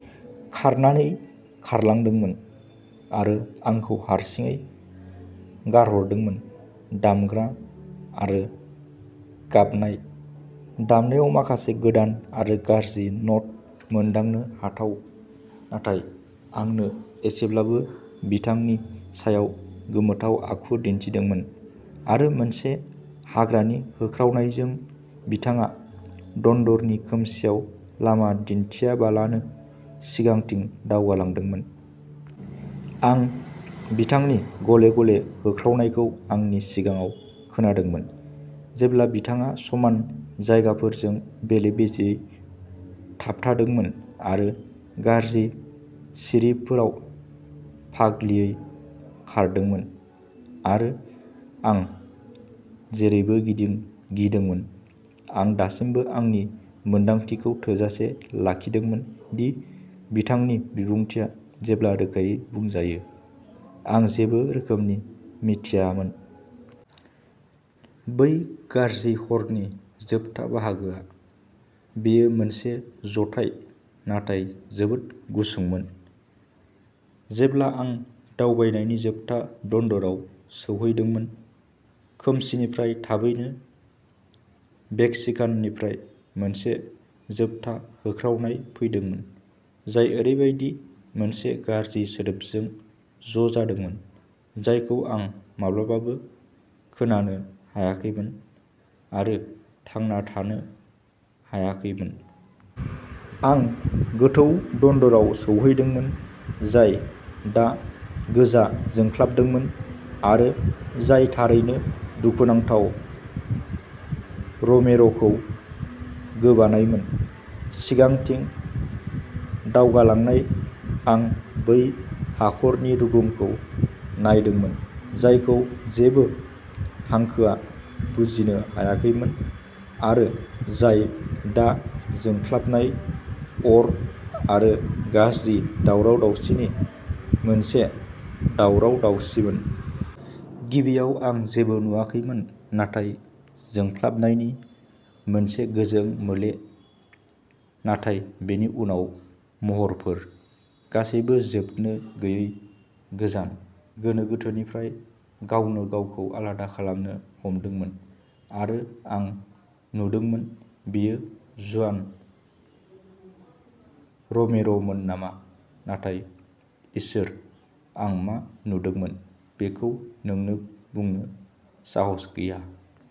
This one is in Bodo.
खारनानै खारलांदोंमोन आरो आंखौ हारसिङै गारहरदोंमोन। दामग्रा आरो गाबनाय दामनायाव माखासे गोदान आरो गाज्रि न'ट, मोनदांनो हाथाव नाथाय आंनो एसेब्लाबो, बिथांनि सायाव गोमोथाव आखु दिन्थिदोंमोन आरो मोनसे हाग्रानि होख्रावनायजों बिथाङा दन्दरनि खोमसिआव लामा दिन्थियालाबानो सिगांथिं दावगालांदोंमोन। आं बिथांनि गले-गले होख्रावनायखौ आंनि सिगाङाव खोनादोंमोन, जेब्ला बिथाङा समान जायगाफोरजों बेले-बेजेयै थाबथादोंमोन आरो गाज्रि सिरिफोराव पागलियै खारदोंमोन। आरो आं जेरैबो गिदोंमोन, आं दासिमबो आंनि मोनदांथिखौ थोजासे लाखिदोंमोन दि बिथांनि बिबुंथिआ, जेब्ला रोखायै बुंजायो, आं जेबो रोखोमनि मिथियामोन। बै गाज्रि हरनि जोबथा बाहागोआ। बेयो मोनसे जथाय नाथाय जोबोद गुसुंमोन, जेब्ला आं दावबायनायनि जोबथा दन्दराव सौहैदोंमोन। खोमसिनिफ्राय थाबैनो मेक्सिकाननिफ्राय मोनसे जोबथा होख्रावनाय फैदोंमोन, जाय ओरैबायदि मोनसे गाज्रि सोदोबजों ज'जादोंमोन जायखौ आं माब्लाबाबो खोनानो हायाखैमोन आरो थांना थानो हायाखैमोन। आं गोथौ दन्दराव सौहैदोंमोन, जाय दा गोजा जोंख्लाबदोंमोन आरो जाय थारैनो दुखुनांथाव र'मेर'खौ गोबानायमोन। सिगांथिं दावगालांनाय, आं बै हाखरनि रुगुंखौ नायदोंमोन जायखौ जेबो हांखोआ बुजिनो हायाखैमोन आरो जाय दा जोंख्लाबनाय अर आरो गाज्रि दावराव-दावसिनि मोनसे दावराव-दावसिमोन। गिबियाव आं जेबो नुवाखैमोन नाथाय जोंख्लाबनायनि मोनसे गोजों मोले; नाथाय बेनि उनाव महरफोर, गासैबो जोबनो गैयै गोजान, गोनो-गोथोनिफ्राय गावनोगावखौ आलादा खालामनो हमदोंमोन आरो आं नुदोंमोन बेयो जुआन रोमेर'मोन नामा? नाथाय इसोर आं मा नुदोंमोन बेखौ नोंनो बुंनो साहास गैया।